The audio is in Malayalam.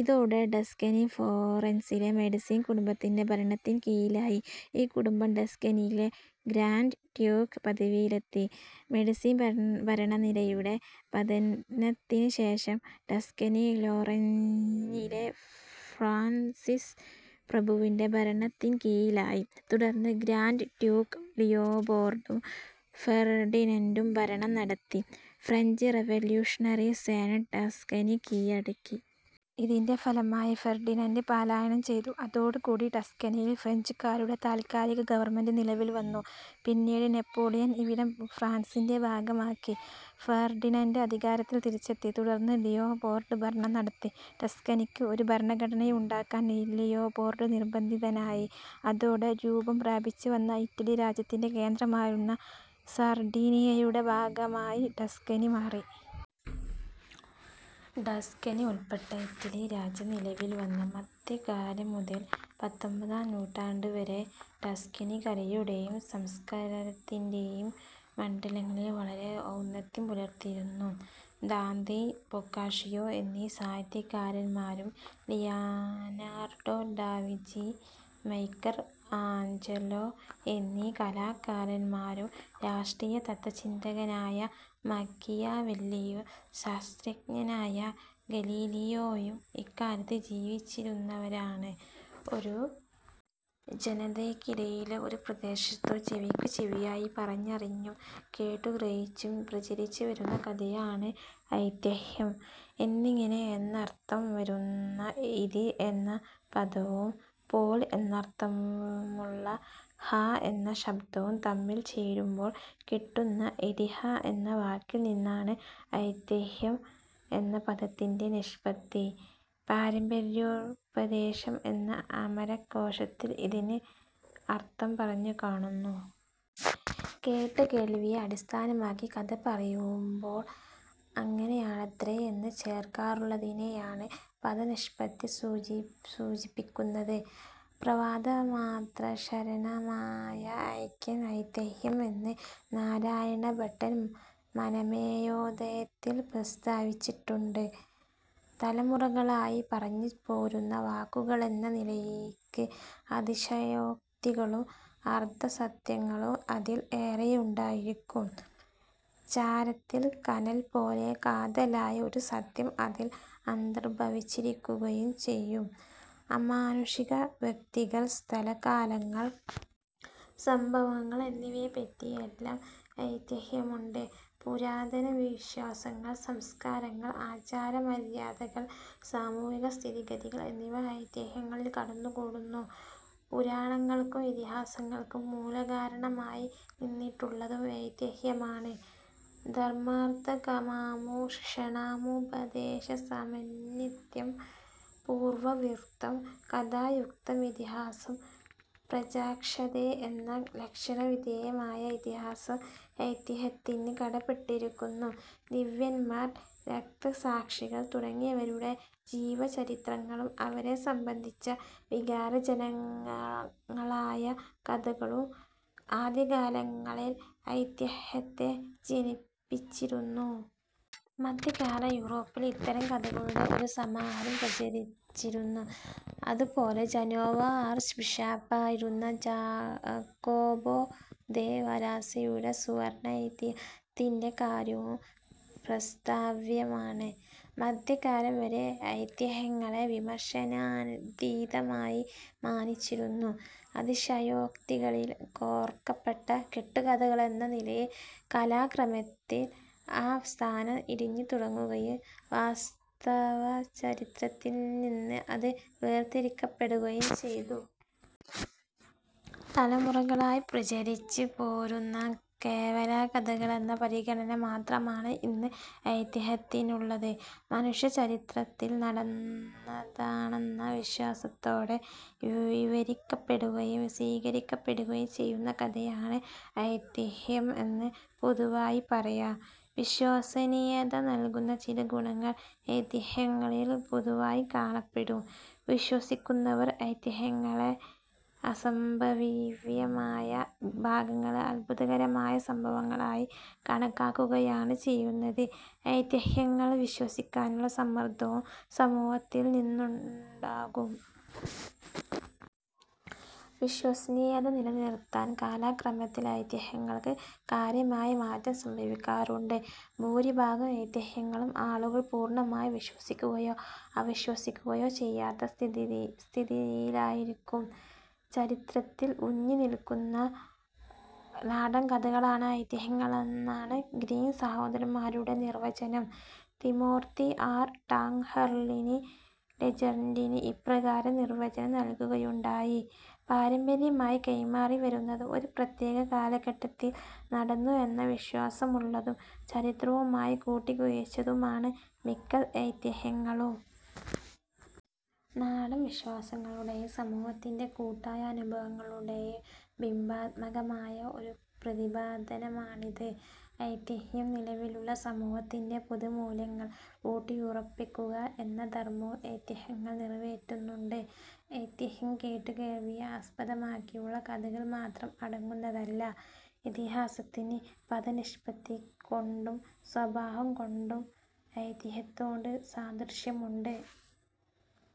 ഇതോടെ ടസ്കനി ഫ്ലോറൻസിലെ മെഡിസി കുടുംബത്തിൻ്റെ ഭരണത്തിൻ കീഴിലായി. ഈ കുടുംബം ടസ്കനിയിലെ ഗ്രാൻഡ് ഡ്യൂക്ക് പദവിയിലെത്തി. മെഡിസി ഭരണനിരയുടെ പതനത്തിനുശേഷം ടസ്കനി ലൊറെയ്നിലെ ഫ്രാൻസിസ് പ്രഭുവിൻ്റെ ഭരണത്തിൻകീഴിലായി. തുടർന്ന് ഗ്രാൻഡ് ഡ്യൂക്ക് ലിയോപോൾഡും ഫെർഡിനന്റും ഭരണം നടത്തി. ഫ്രഞ്ച് റവല്യൂഷണറി സേന ടസ്കനി കീഴടക്കി. ഇതിൻ്റെ ഫലമായി ഫെർഡിനന്റ് പലായനം ചെയ്തു. അതോടുകൂടി ടസ്കനിയിൽ ഫ്രഞ്ചുകാരുടെ താത്കാലിക ഗവൺമെന്റ് നിലവിൽ വന്നു. പിന്നീട് നെപ്പോളിയൻ ഇവിടം ഫ്രാൻസിൻ്റെ ഭാഗമാക്കി. ഫെർഡിനന്റ് അധികാരത്തിൽ തിരിച്ചെത്തി. തുടർന്ന് ലിയോപോൾഡ് ഭരണം നടത്തി. ടസ്കനിക്ക് ഒരു ഭരണഘടനയുണ്ടാക്കാൻ ലിയോപോൾഡ് നിർബന്ധിതനായി. അതോടെ രൂപംപ്രാപിച്ചുവന്ന ഇറ്റലി രാജ്യത്തിൻ്റെ കേന്ദ്രമായിരുന്ന സാർഡീനിയയുടെ ഭാഗമായി ടസ്കനി മാറി. ടസ്കനി ഉൾപ്പെട്ട ഇറ്റലി രാജ്യം നിലവിൽവന്നു. മധ്യകാലം മുതൽ പത്തൊൻപതാം നൂറ്റാണ്ടുവരെ ടസ്കനി കലയുടെയും സംസ്കാരത്തിൻ്റെ യും മണ്ഡലങ്ങളിൽ വളരെ ഔന്നത്യം പുലർത്തിയിരുന്നു. ദാന്തെ. ബൊക്കാഷിയോ എന്നീ സാഹിത്യകാരന്മാരും ലിയനാർഡോ ഡാവിഞ്ചി. മൈക്കൽ ആഞ്ചലോ എന്നീ കലാകാരന്മാരും രാഷ്ട്രീയ തത്ത്വചിന്തകനായ മാക്കിയവെല്ലിയും ശാസ്ത്രജ്ഞനായ ഗലീലിയോയും ഇക്കാലത്ത് ജീവിച്ചിരുന്നവരാണ്. ഒരു ജനതയ്ക്കിടയിലോ ഒരു പ്രദേശത്തോ ചെവിക്കുചെവിയായി പറഞ്ഞറിഞ്ഞും കേട്ടുഗ്രഹിച്ചും പ്രചരിച്ചുവരുന്ന കഥയാണ് ഐതിഹ്യം. എന്നിങ്ങനെ എന്നർഥം വരുന്ന ഇതി എന്ന പദവും പോൽ എന്നർഥമുള്ള ഹ എന്ന ശബ്ദവും തമ്മിൽ ചേരുമ്പോൾ കിട്ടുന്ന ഇതിഹ എന്ന വാക്കിൽനിന്നാണ് ഐതിഹ്യം എന്ന പദത്തിൻ്റെ നിഷ്പത്തി. പാരമ്പര്യോപദേശം എന്ന് അമരകോശത്തിൽ ഇതിന് അർഥം പറഞ്ഞുകാണുന്നു. കേട്ടുകേൾവിയെ അടിസ്ഥാനമാക്കി കഥ പറയുമ്പോൾ അങ്ങനെയാണത്രേ എന്നു ചേർക്കാറുള്ളതിനെയാണ് പദനിഷ്പത്തി സൂചിപ്പിക്കുന്നത്. പ്രവാദമാത്രശരണമായ വാക്യം ഐതിഹ്യം എന്ന് നാരായണഭട്ടൻ മനമേയോദയത്തിൽ പ്രസ്താവിച്ചിട്ടുണ്ട്. തലമുറകളായി പറഞ്ഞുപോരുന്ന വാക്കുകളെന്ന നിലയ്ക്ക് അതിശയോക്തികളും അർധസത്യങ്ങളും അതിൽ ഏറെയുണ്ടായിരിക്കും. ചാരത്തിൽ കനൽപോലെ കാതലായ ഒരു സത്യം അതിൽ അന്തർഭവിച്ചിരിക്കുകയും ചെയ്യും. അമാനുഷിക വ്യക്തികൾ. സ്ഥലകാലങ്ങൾ. സംഭവങ്ങൾ എന്നിവയെപ്പറ്റിയെല്ലാം ഐതിഹ്യമുണ്ട്. പുരാതന വിശ്വാസങ്ങൾ. സംസ്കാരങ്ങൾ. ആചാരമര്യാദകൾ. സാമൂഹികസ്ഥിതിഗതികൾ എന്നിവ ഐതിഹ്യങ്ങളിൽ കടന്നുകൂടുന്നു. പുരാണങ്ങൾക്കും ഇതിഹാസങ്ങൾക്കും മൂലകാരണമായി നിന്നിട്ടുള്ളതും ഐതിഹ്യമാണ്. ധർമാർഥകാമമോക്ഷാണാമുപദേശസമന്വിതം പൂർവവൃത്തം കഥായുക്തമിതിഹാസം പ്രചക്ഷതേ എന്ന ലക്ഷണവിധേയമായ ഇതിഹാസം ഐതിഹ്യത്തിനു കടപ്പെട്ടിരിക്കുന്നു. ദിവ്യന്മാർ. രക്തസാക്ഷികൾ തുടങ്ങിയവരുടെ ജീവചരിത്രങ്ങളും അവരെ സംബന്ധിച്ച വികാരജനകങ്ങളായ കഥകളും ആദ്യകാലങ്ങളിൽ ഐതിഹ്യത്തെ ജനിപ്പിച്ചിരുന്നു. മധ്യകാല യൂറോപ്പിൽ ഇത്തരം കഥകളുടെ ഒരു സമാഹാരം പ്രചരിച്ചിരുന്നു. അതുപോലെ ജനോവ ആർച്ച് ബിഷപ്പായിരുന്ന ജാകൊപോ ദെ വരാസ്സായുടെ സുവർണൈതിഹ്യത്തിൻ്റെ കാര്യവും പ്രസ്താവ്യമാണ്. മധ്യകാലം വരെ ഐതിഹ്യങ്ങളെ വിമർശനാതീതമായി മാനിച്ചിരുന്നു. അതിശയോക്തികളിൽ കോർക്കപ്പെട്ട കെട്ടുകഥകളെന്ന നിലയിൽ കാലക്രമത്തിൽ ആ സ്ഥാനം ഇടിഞ്ഞുതുടങ്ങുകയും വാസ്തവചരിത്രത്തിൽനിന്ന് അത് വേർതിരിക്കപ്പെടുകയും ചെയ്തു. തലമുറകളായി പ്രചരിച്ചുപോരുന്ന കേവലകഥകളെന്ന പരിഗണന മാത്രമാണ് ഇന്ന് ഐതിഹ്യത്തിനുള്ളത്. മനുഷ്യചരിത്രത്തിൽ നടന്നതാണെന്ന വിശ്വാസത്തോടെ വിവരിക്കപ്പെടുകയും സ്വീകരിക്കപ്പെടുകയും ചെയ്യുന്ന കഥയാണ് ഐതിഹ്യം എന്ന് പൊതുവായി പറയാം. വിശ്വസനീയത നൽകുന്ന ചില ഗുണങ്ങൾ ഐതിഹ്യങ്ങളിൽ പൊതുവായി കാണപ്പെടും. വിശ്വസിക്കുന്നവർ ഐതിഹ്യങ്ങളിലെ അസംഭവ്യമായ ഭാഗങ്ങളെ അത്ഭുതകരമായ സംഭവങ്ങളായി കണക്കാക്കുകയാണ് ചെയ്യുന്നത്. ഐതിഹ്യങ്ങൾ വിശ്വസിക്കാനുള്ള സമ്മർദവും സമൂഹത്തിൽനിന്നുണ്ടാകും. വിശ്വസനീയത നിലനിർത്താൻ കാലക്രമത്തിൽ ഐതിഹ്യങ്ങൾക്ക് കാര്യമായ മാറ്റം സംഭവിക്കാറുണ്ട്. ഭൂരിഭാഗം ഐതിഹ്യങ്ങളും ആളുകൾ പൂർണമായി വിശ്വസിക്കുകയോ അവിശ്വസിക്കുകയോ ചെയ്യാത്ത സ്ഥിതിയിലായിരിക്കും. ചരിത്രത്തിൽ ഊന്നിനിൽക്കുന്ന നാടൻകഥകളാണ് ഐതിഹ്യങ്ങളെന്നാണ് ഗ്രിം സഹോദരന്മാരുടെ നിർവചനം. Timothy R. ടാങ്ഹെർലിനി ലെജന്റിന് ഇപ്രകാരം നിർവചനം നൽകുകയുണ്ടായി. പാരമ്പര്യമായി കൈമാറിവരുന്നതും ഒരു പ്രത്യേക കാലഘട്ടത്തിൽ നടന്നു എന്ന വിശ്വാസമുള്ളതും ചരിത്രവുമായി കൂട്ടിക്കുഴച്ചതുമാണ് മിക്ക ഐതിഹ്യങ്ങളും. നാടൻ വിശ്വാസങ്ങളുടെയും സമൂഹത്തിൻ്റെ കൂട്ടായ അനുഭവങ്ങളുടെയും ബിംബാത്മകമായ ഒരു പ്രതിപാദനമാണിത്. ഐതിഹ്യം നിലവിലുള്ള സമൂഹത്തിൻ്റെ പൊതുമൂല്യങ്ങൾ ഊട്ടിയുറപ്പിക്കുക എന്ന ധർമവും ഐതിഹ്യങ്ങൾ നിറവേറ്റുന്നുണ്ട്. ഐതിഹ്യം കേട്ടുകേൾവിയെ ആസ്പദമാക്കിയുള്ള കഥകൾ മാത്രം അടങ്ങുന്നതല്ല. ഇതിഹാസത്തിന് പദനിഷ്പത്തികൊണ്ടും സ്വഭാവംകൊണ്ടും ഐതിഹ്യത്തോട് സാദൃശ്യമുണ്ട്.